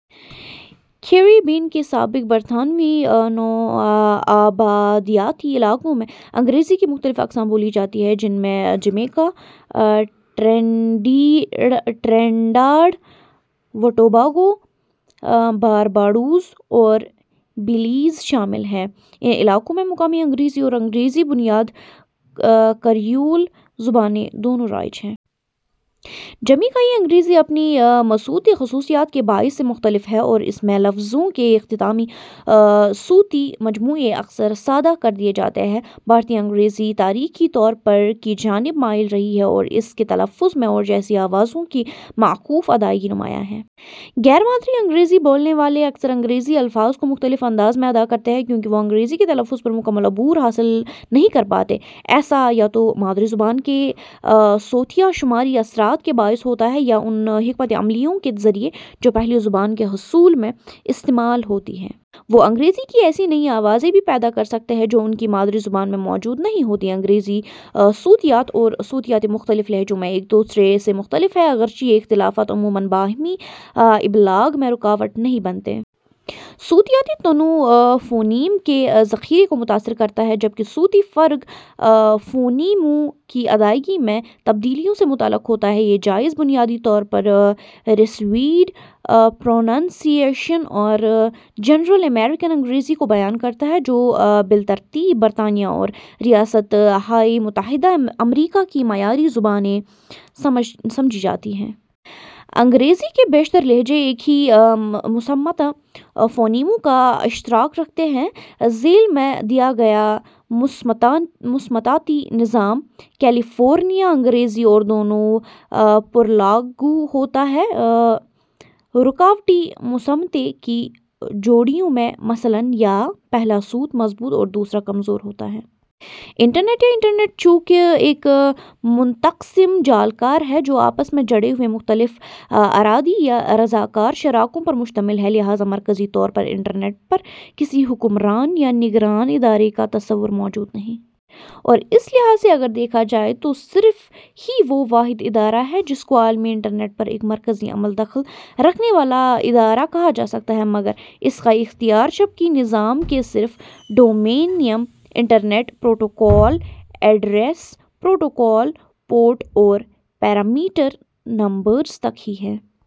Caribbean کے سابق برطانوی نوآبادیاتی علاقوں میں انگریزی کی مختلف اقسام بولی جاتی ہیں، جن میں جمیکا ، ٹرینیڈاڈ وٹوباگو ، بارباڈوس اور بیلیز شامل ہیں۔ ان علاقوں میں مقامی انگریزی اور انگریزی بنیاد کریول زبانیں دونوں رائج ہیں۔ جمیکائی انگریزی اپنی مصوتی خصوصیات کے باعث سے مختلف ہے اور اس میں لفظوں کے اختتامی صوتی مجموعے اکثر سادہ کر دیے جاتے ہیں۔ بھارتی انگریزی تاریخی طور پر کی جانب مائل رہی ہے اور اس کے تلفظ میں اور جیسی آوازوں کی معکوف ادائیگی نمایاں ہے۔ غیر مادری انگریزی بولنے والے اکثر انگریزی الفاظ کو مختلف انداز میں ادا کرتے ہیں کیونکہ وہ انگریزی کے تلفظ پر مکمل عبور حاصل نہیں کر پاتے۔ ایسا یا تو مادری زبان کے صوتیہ شماری اثرات کے باعث ہوتا ہے یا اُن حکمتِ عملیوں کے ذریعے جو پہلی زبان کے حصول میں استعمال ہوتی ہیں۔ وہ انگریزی کی ایسی نئی آوازیں بھی پیدا کر سکتے ہیں جو ان کی مادری زبان میں موجود نہیں ہوتیں۔ انگریزی صوتیات اور صوتیات مختلف لہجوں میں ایک دوسرے سے مختلف ہیں، اگرچہ یہ اختلافات عموماً باہمی ابلاغ میں رکاوٹ نہیں بنتے۔ صوتیاتی تنوع فونیم کے ذخیرے کو متاثر کرتا ہے، جبکہ صوتی فرق فونیموں کی ادائیگی میں تبدیلیوں سے متعلق ہوتا ہے۔ یہ جائزہ بنیادی طور پر ریسیوڈ پروننسی ایشن اور جنرل امریکن انگریزی کو بیان کرتا ہے، جو بالترتیب برطانیہ اور ریاست ہائے متحدہ امریکہ کی معیاری زبانیں سمجھی جاتی ہیں۔ انگریزی کے بیشتر لہجے ایک ہی مصمتہ فونیموں کا اشتراک رکھتے ہیں۔ ذیل میں دیا گیا مصمتاتی نظام کیلیفورنیا انگریزی اور دونوں پر لاگو ہوتا ہے۔ رکاوٹی مصمتے کی جوڑیوں میں، مثلاً // یا //، پہلا صوت مضبوط اور دوسرا کمزور ہوتا ہے۔ انٹرنیٹ یا انٹرنیٹ چوں کہ ایک منقسم جالکار ہے جو آپس میں جڑے ہوئے مختلف ارادی یا رضاکار شراکوں پر مشتمل ہے، لہذا مرکزی طور پر انٹرنیٹ پہ کسی حکمران یا نگراں ادارے کا تصور موجود نہیں۔ اور اس لحاظ سے اگر دیکھا جائے تو صرف ہی وہ واحد ادارہ ہے جس کو عالمی انٹرنیٹ پر ایک مرکزی عمل دخل رکھنے والا ادارہ کہا جا سکتا ہے، مگر اس کا اختیار شبکی نظام کے صرف domain name, internet protocol address, protocol port اور پیرامیٹر نمبرز تک ہی ہے۔